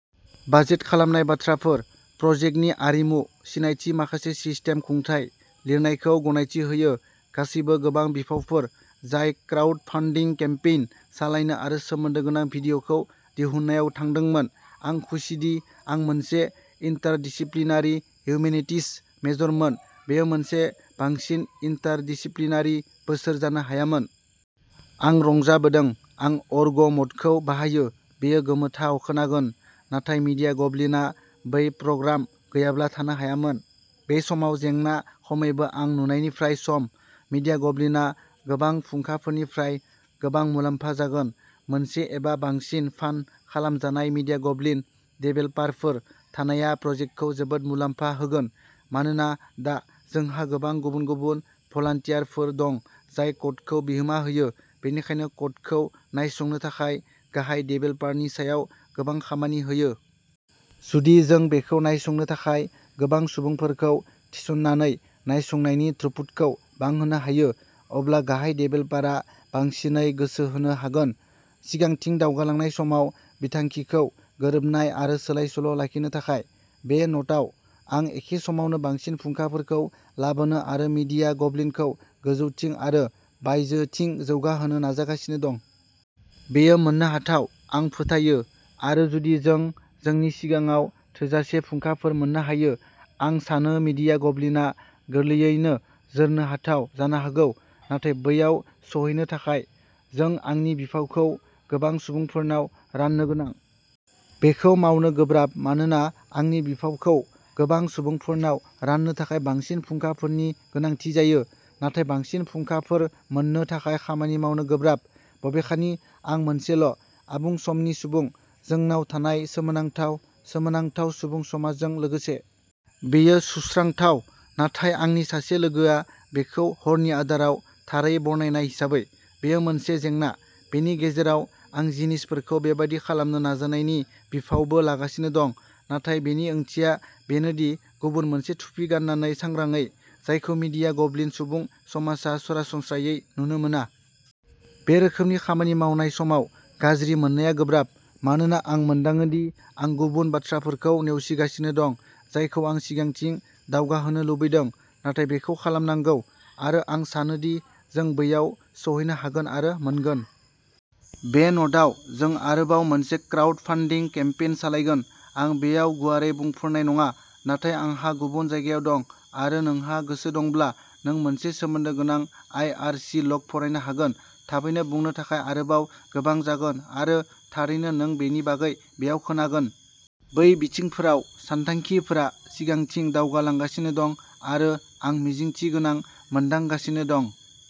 Budget खालामनाय बाथ्राफोर, प्रजेक्टनि आरिमु सिनायथि माखासे सिस्टेम खुंथाय, लिरनायखौ गनायथि होयो, गासैबो गोबां बिफावफोर जाय क्राउडफान्डिं केम्पेइन सालायनो आरो सोमोन्दो गोनां भिडिय'खौ दिहुननायाव थांदोंमोन। आं खुसिदि आं मोनसे इन्टारडिसिप्लिनारि हिउमेनिटीज मेजरमोन। बेयो मोनसे बांसिन इन्टारडिसिप्लिनारि बोसोर जानो हायामोन। आं रंजाबोदों आं अर्ग-मडखौ बाहायो बेयो गोमोथाव खोनागोन, नाथाय मीडियागब्लिनआ बै प्रग्राम गैयाब्ला थानो हायामोन। बे समाव जेंना, खमैबो आं नुनायनिफ्राय, सम। मीडियागब्लिनआ गोबां फुंखाफोरनिफ्राय गोबां मुलाम्फा जागोन, मोनसे एबा बांसिन फान्ड खालामजानाय मीडियागब्लिन देभेलपारफोर थानाया प्रजेक्तखौ जोबोद मुलाम्फा होगोन, मानोना दा, जोंहा गोबां गुबुन-गुबुन भलान्टियारफोर दं जाय क'डखौ बिहोमा होयो, बेनिखायनो क'डखौ नायसंनो थाखाय गाहाय देभेलपारनि सायाव गोबां खामानि होयो। जुदि जों बेखौ नायसंनो थाखाय गोबां सुबुंफोरखौ थिस'ननानै नायसंनायनि थ्रुपुटखौ बांहोनो हायो, अब्ला गाहाय देभेलपारआ बांसिनै गोसो होनो हागोन। सिगांथिं दावगालांनाय समाव बिथांखिखौ गोरोबनाय आरो सोलाय सोल' लाखिनो थाखाय। बे नोटआव, आं एखे समावनो बांसिन फुंखाफोरखौ लाबोनो आरो मीडिया गब्लिनखौ गोजौथिं आरो बायजोथिं जौगाहोनो नाजागासिनो दं। बेयो मोन्नो हाथाव, आं फोथायो, आरो जुदि जों जोंनि सिगाङाव थोजासे फुंखाफोर मोन्नो हायो, आं सानो मीडिया गब्लिनआ गोरलैयैनो जोरनो हाथाव जानो हागौ। नाथाय बैयाव सौहैनो थाखाय, जों आंनि बिफावखौ गोबां सुबुंफोरनाव राननो गोनां। बेखौ मावनो गोब्राब मानोना आंनि बिफावखौ गोबां सुबुंफोरनाव राननो थाखाय बांसिन फुंखाफोरनि गोनांथि जायो, नाथाय बांसिन फुंखाफोर मोन्नो थाखाय खामानि मावनो गोब्राब, बबेखानि आं मोनसेल' आबुं समनि सुबुं, जोंनाव थानाय सोमोनांथाव, सोमोनांथाव सुबुं समाजजों लोगोसे। बेयो सुस्रांथाव, नाथाय आंनि सासे लोगोआ बेखौ हरनि आदाराव थारै बरनायनाय हिसाबै, बेयो मोनसे जेंना। बेनि गेजेराव, आं जिनिसफोरखौ बेबादि खालामनो नाजानायनि बिफावबो लागासिनो दं, नाथाय बेनि ओंथिया बेनो दि गुबुन मोनसे थुफि गाननानै सांग्रांयै, जायखौ मीडिया गब्लिन सुबुं समाजआ सरासनस्रायै नुनो मोना। बे रोखोमनि खामानि मावनाय समाव गाज्रि मोननाया गोब्राब, मानोना आं मोनदाङो दि आं गुबुन बाथ्राफोरखौ नेवसिगासिनो दं जायखौ आं सिगांथिं दावगाहोनो लुबैदों। नाथाय बेखौ खालामनांगौ। आरो आं सानोदि जों बैयाव सौहैनो हागोन आरो मोनगोन। बे नोटआव, जों आरोबाव मोनसे क्राउडफान्डिं केम्पेइन सालायगोन। आं बेयाव गुवारै बुंफोरनाय नङा, नाथाय आंहा गुबुन जायगायाव दं, आरो नोंहा गोसो दंब्ला, नों मोनसे सोमोन्दो गोनां आई आरसी लग फरायनो हागोन। थाबैनो बुंनो थाखाय आरोबाव गोबां जागोन, आरो थारैनो नों बेनि बागै बेयाव खोनांगोन। बै बिथिंफोराव सानथांखिफोरा सिगांथिं दावगालांगासिनो दं, आरो आं मिजिंथिगोनां मोनदांगासिनो दं।